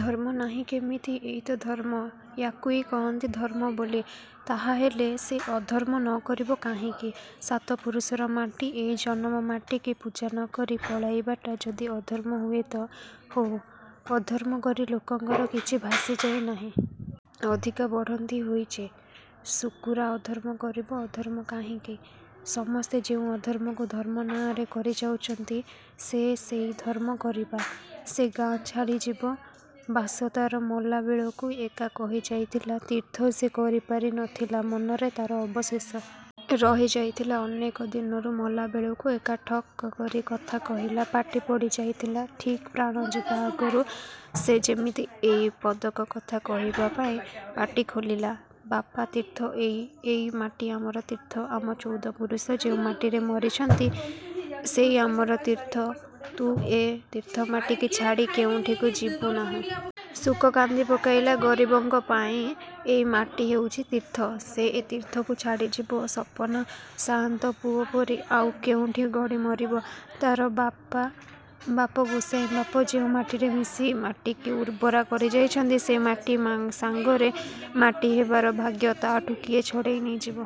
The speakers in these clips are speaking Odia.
ଧର୍ମ ନାହିଁ କେମିତି-? ଏଇ ତ ଧର୍ମ! ୟାକୁଇ କହନ୍ତି ଧର୍ମବୋଲି! ତାହାହେଲେ, ସେ ଅଧର୍ମ ନ କରିବ କାହିଁକି। ସାତପୁରୁଷର ମାଟି ଏଇ ଜନମ ମାଟିକି ପୂଜା ନ କରି ପଳେଇବାଟା ଯଦି ଅଧର୍ମ ହୁଏତ ହଉ। ଅଧର୍ମ କରି ଲୋକଙ୍କର କିଛି ଭାସିଯାଇ ନାହିଁ। ଅଧିକା ବଢ଼ନ୍ତି ହେଇଛି। ଶୁକୁରା ଅଧର୍ମ କରିବ। ଅଧର୍ମ କାହିଁକି? ସମସ୍ତେ ଯେଉଁ ଅଧର୍ମକୁ ଧର୍ମ ନାଆଁରେ କରିଯାଉଚନ୍ତି ସେ ସେଇ ଧର୍ମ କରିବା। ସେ ଗାଁ ଛାଡ଼ିଯିବ! ବାସ ତା'ର ମଲାବେଳକୁ ଏକା କହିଯାଇଥିଲା ତୀର୍ଥ ସେ କରିପାରି ନଥିଲା ମନରେ ତା'ର ଅବଶେଷ ରହିଯାଇଥିଲା ଅନେକ ଦିନରୁ ମଲାବେଳକୁ ଏକା ଠକ୍ଠକ୍ କରି କଥା କହିଲା ପାଟି ପଡ଼ିଯାଇଥିଲା ଠିକ୍ ପ୍ରାଣଯିବା ଆଗରୁ ସେ ଯେମିତି ଏଇ ପଦକ କଥା କହିବାପାଇଁ ପାଟି ଖୋଲିଲା ''ବାପା, ତୀର୍ଥ ଏଇ, ଏଇ ମାଟି ଆମର ତୀର୍ଥ ଆମ ଚଉଦପୁରୁଷ ଯେଉଁ ମାଟିରେ ମରିଚନ୍ତି ସେଇ ଆମର ତୀର୍ଥ ତୁ ଏ ତୀର୍ଥମାଟିକି ଛାଡ଼ି କେଉଁଠିକି ଯିବୁ ନାହିଁ। '' ଶୁକ କାନ୍ଦିପକାଇଲା ଗରିବଙ୍କ ପାଇ ଏଇ ମାଟି ହେଉଛି ତୀର୍ଥ ସେ ଏ ତୀର୍ଥକୁ ଛାଡ଼ିଯିବ ସପନା ସାଆନ୍ତ ପୁଅପରି ଆଉ କେଉଁଠି ଗଡ଼ି ମରିବ। ତା' ବାପ ଗୋସାଇଁବାପ ଯେଉଁ ମାଟିରେ ମିଶି ମାଟିକି ଉର୍ବରା କରିଯାଇଛନ୍ତି ସେ ମାଟି ସାଙ୍ଗରେ ମାଟି ହେବାର ଭାଗ୍ୟ ତା'ଠୁ କିଏ ଛଡ଼େଇ ନେଇଯିବ।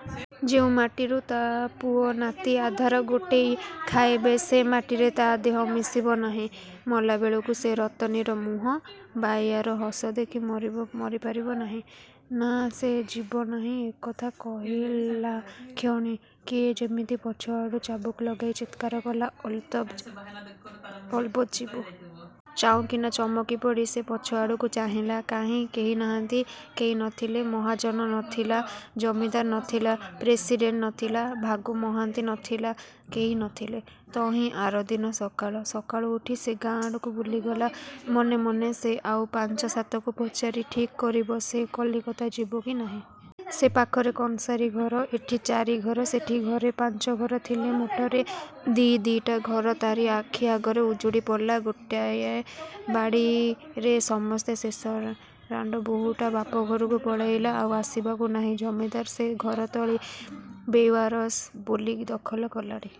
ଯେଉଁ ମାଟିରୁ ତା' ପୁଅ ନାତି ଆଧାର ଗୋଟେଇ ଖାଇବେ ସେ ମାଟିରେ ତା' ଦେହ ମିଶିବ ନାହିଁ। ମଲାବେଳକୁ ସେ ରତନୀର ମୁହଁ, ବାଇଆର ହସ ଦେଖି ମରି ପାରିବ ନାହିଁ? ନାଁ, ସେ ଯିବ ନାହିଁ। ଏକଥା କହିଲାକ୍ଷଣି କିଏ ଯେମିତି ପଛଆଡ଼ୁ ଚାବୁକ ଲଗେଇ ଚିତ୍କାର କଲା ''ଅଲବତ୍ ଯିବୁ। '' ଚାଉଁକିନା ଚମକି ପଡ଼ି ସେ ପଛଆଡ଼କୁ ଚାହିଁଲା। କାହିଁ, କେହି ନାହାନ୍ତି। କେହି ନଥିଲେ। ମହାଜନ ନଥିଲା, ଜମିଦାର ନଥିଲା, ପ୍ରେସିଡ଼େଣ୍ଟ ନଥିଲା, ଭାଗୁ ମହାନ୍ତି ନଥିଲା କେହି ନଥିଲେ। ତହିଁ ଆରଦିନ ସକାଳ। ସକାଳୁ ଉଠି ସେ ଗାଁ ଆଡ଼କୁ ବୁଲିଗଲା। ମନେ ମନେ ସେ ଆଉ ପାଞ୍ଚ ସାତକୁ ପଚାରି ଠିକ୍ କରିବ ସେ କଲିକତା ଯିବ କି ନାହିଁ। ସେ ପାଖରେ କଂସାରି ଘର। ଏଠି ଚାରିଘର ସେଠି ଘରେ ପାଞ୍ଚଘର ଥିଲେ ମୋଟରେ। ଦି ଦିଟା ଘର ତା'ରି ଆଖି ଆଗରେ ଉଜୁଡ଼ି ପଡ଼ିଲା। ଗୋଟାଏ ବାଡ଼ିରେ ସମସ୍ତେ ଶେଷ। ରାଣ୍ଡ ବହୂଟା ବାପଘରକୁ ପଳେଇଲା। ଆଉ ଆସିବାକୁ ନାହିଁ। ଜମିଦାର ସେ ଘରତଳି ବେଓ୍ୟାରସ ବୋଲି ଦଖଲ କଲାଣି।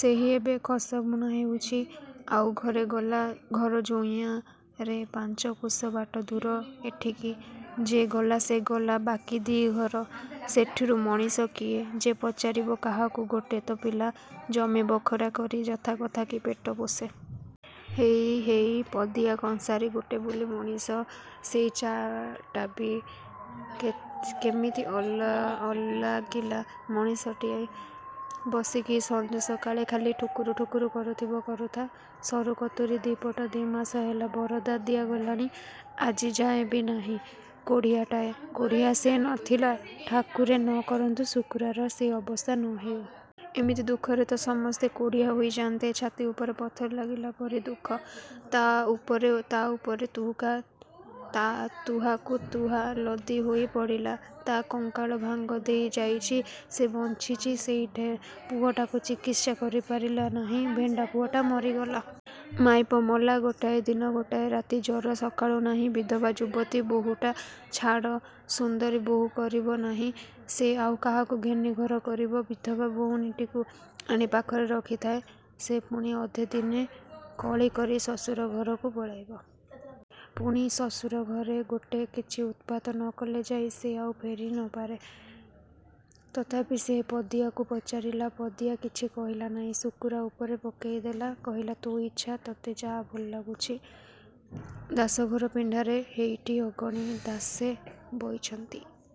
ସେଠି ଏବେ ଖସା ବୁଣା ହେଉଚି। ଆଉ ଘରେ, ଗଲା ଘରଜୋଇଁଆରେ ପାଞ୍ଚକୋଶ ବାଟ ଦୂର ଏଠିକି। ଯେ ଗଲା ସେ ଗଲା। ବାକି ଦି'ଘର।। ସେଥିରୁ ମଣିଷ କିଏ ଯେ ପଚାରିବ କାହାକୁ। ଗୋଟେ ତ ପିଲା। ଜମି ବଖରା କରି ଯଥାକଥା କି ପେଟ ପୋଷେ। ହେଇ ହେଇ ପଦିଆ କଂସାରି ଗୋଟେ ବୋଲି ମଣିଷ। ସେଇଟାବି କେମିତି ଅଲାଗିଲା ମଣିଷଟାଏ। ବସିକି ସଞ୍ଜସକାଳେ ଖାଲି ଠୁକୁର ଠୁକୁର କରୁଥିବ। କରୁ'ଥା। ସରୁ କତୁରୀ ଦି'ପଟ ଦି'ମାସ ହେଲା ବରାଦ ଦିଆଗଲାଣି ଆଜିଯାଏଁବି ନାହିଁ। କୋଢ଼ିଆଟାଏ। କୋଢ଼ିଆ ସେ ନଥିଲା। ଠାକୁରେ ନ କରନ୍ତୁ ଶୁକୁରାର ସେ ଅବସ୍ଥା ନ ହେଉ। ଏମିତି ଦୁଃଖରେ ତ ସମସ୍ତେ କୋଢ଼ିଆ ହୋଇଯାନ୍ତେ। ଛାତି ଉପରେ ପଥର ପଡ଼ିଲା ପରି ଦୁଃଖ। ତା' ଉପରେ ତା' ଉପରେ ତୁହାକୁ ତୁହା ଲଦି ହୋଇ ପଡ଼ିଲା। ତା' କଙ୍କାଳ ଭାଙ୍ଗ ଦେଇ ଯାଇଛି। ସେ ବଞ୍ଚିଛି ସେଇ ଢେର୍। ପୁଅଟାକୁ ଚିକିତ୍ସା କରିପାରିଲା ନାହିଁ ଭେଣ୍ଡା ପୁଅଟା ମରିଗଲା। ମାଇପ ମଲା ଗୋଟାଏ ଦିନ ଗୋଟାଏ ରାତି ଜର ସକାଳକୁ ନାହିଁ। ବିଧବା ଯୁବତୀ ବହୂଟା ଛାଡ଼ ସୁନ୍ଦରୀ ବହୂ କରିବ ନାହିଁ। ସେ ଆଉ କାହାକୁ ଘେନି ଘର କରିବ? ବିଧବା ଭଉଣୀଟିକୁ ଆଣି ପାଖରେ ରହିଥାଏ-। ସେ ପୁଣି ଅଧେ ଦିନେ କଳି କରି ଶ୍ୱଶୁର ଘରକୁ ପଳେଇବ। ପୁଣି ଶ୍ୱଶୁରଘରେ ଗୋଟେ କିଛି ଉତ୍ପାତ ନ କଲେ ଯାଇ ସେ ଆଉ ନ ଫେରେ। ତଥାପି ସେ ପଦିଆକୁ ପଚାରିଲା। ପଦିଆ କିଛି କହିଲା ନାହିଁ। ଶୁକୁରା ଉପରେ ପକେଇ ଦେଲା। କହିଲା''ତୋ ଇଚ୍ଛା ତୋତେ ଯାହା ଭଲ ଲାଗୁଛି। '' ଦାସଘର ପିଣ୍ଡାରେ ହେଇଟି ଅଗଣି ଦାସେ ବଇଛନ୍ତି।